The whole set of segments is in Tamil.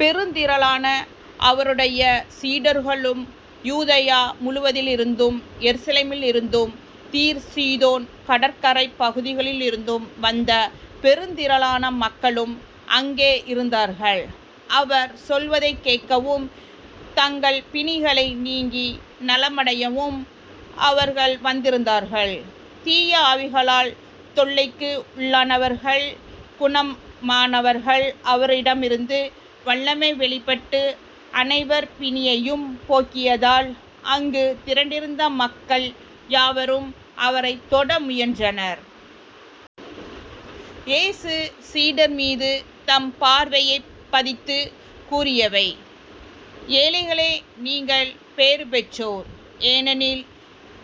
பெருந்திரளான அவருடைய சீடர்களும் யூதேயா முழுவதிலிருந்தும் எருசலேமிலிருந்தும் தீர் சீதோன் கடற்கரைப் பகுதிகளிலிருந்தும் வந்த பெருந்திரளான மக்களும் அங்கே இருந்தார்கள். அவர் சொல்வதைக் கேட்கவும் தங்கள் பிணிகள் நீங்கி நலமடையவும் அவர்கள் வந்திருந்தார்கள். தீய ஆவிகளால் தொல்லைக்கு உள்ளானவர்கள் குணமானார்கள். அவரிடமிருந்து வல்லமை வெளிப்பட்டு அனைவர் பிணியையும் போக்கியதால், அங்குத் திரண்டிருந்த மக்கள் யாவரும் அவரைத் தொட முயன்றனர். இயேசு சீடர்மீது தம் பார்வையைப் பதித்துக் கூறியவை"ஏழைகளே, நீங்கள் பேறுபெற்றோர். ஏனெனில்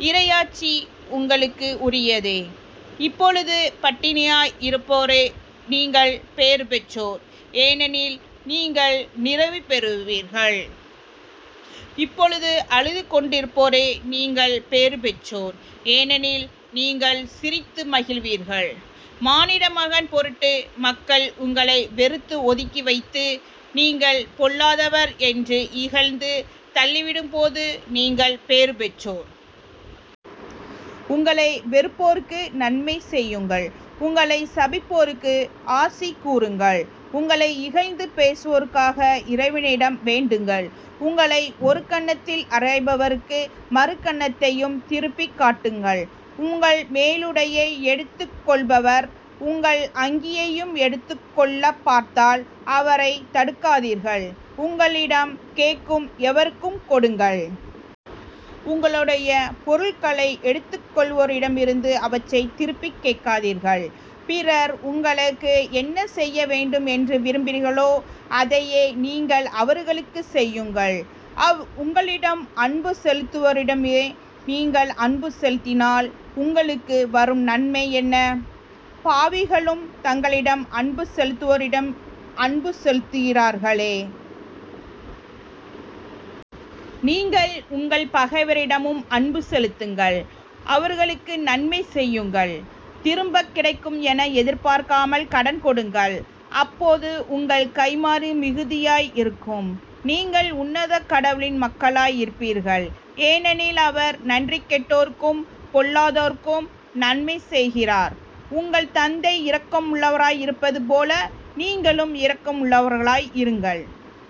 இறையாட்சி உங்களுக்கு உரியதே. இப்பொழுது பட்டினியாய் இருப்போரே நீங்கள் பேறு பெற்றோர் ஏனெனில் நீங்கள் நிறைவு பெறுவீர்கள். இப்பொழுது அழுதுகொண்டிருப்போரே நீங்கள் பேறுபெற்றோர் ஏனெனில் நீங்கள் சிரித்து மகிழ்வீர்கள். மானிடமகன் பொருட்டு மக்கள் உங்களை வெறுத்து, ஒதுக்கிவைத்து நீங்கள் பொல்லாதவர் என்று இகழ்ந்து தள்ளிவிடும்போது நீங்கள் பேறுபெற்றோர். உங்களை வெறுப்போருக்கு நன்மை செய்யுங்கள். உங்களைச் சபிப்போருக்கு ஆசி கூறுங்கள். உங்களை இகழ்ந்து பேசுவோருக்காக இறைவனிடம் வேண்டுங்கள். உங்களை ஒரு கன்னத்தில் அறைபவருக்கு மறு கன்னத்தையும் திருப்பிக் காட்டுங்கள். உங்கள் மேலுடையை எடுத்துக் கொள்பவர் உங்கள் அங்கியையும் எடுத்துக்கொள்ளப் பார்த்தால் அவரைத் தடுக்காதீர்கள். உங்களிடம் கேட்கும் எவருக்கும் கொடுங்கள். உங்களுடைய பொருள்களை எடுத்துக் கொள்வோரிடமிருந்து அவற்றைத் திருப்பிக் கேட்காதீர்கள். பிறர் உங்களுக்கு என்ன செய்ய வேண்டும் என்று விரும்புகிறீர்களோ அதையே நீங்களும் அவர்களுக்குச் செய்யுங்கள். உங்களிடம் அன்பு செலுத்துவோரிடமே நீங்கள் அன்பு செலுத்தினால் உங்களுக்கு வரும் நன்மை என்ன? பாவிகளும் தங்களிடம் அன்பு செலுத்துவோரிடம் அன்பு செலுத்துகிறார்களே. நீங்கள் உங்கள் பகைவரிடமும் அன்பு செலுத்துங்கள். அவர்களுக்கு நன்மை செய்யுங்கள் திரும்பக் கிடைக்கும் என எதிர்பார்க்காமல் கடன் கொடுங்கள். அப்போது உங்கள் கைம்மாறு மிகுதியாய் இருக்கும். நீங்கள் உன்னத கடவுளின் மக்களாய் இருப்பீர்கள். ஏனெனில் அவர் நன்றி கெட்டோருக்கும் பொல்லாதோருக்கும் நன்மை செய்கிறார். உங்கள் தந்தை இரக்கமுள்ளவராய் இருப்பது போல நீங்களும் இரக்கம் உள்ளவர்களாய் இருங்கள்.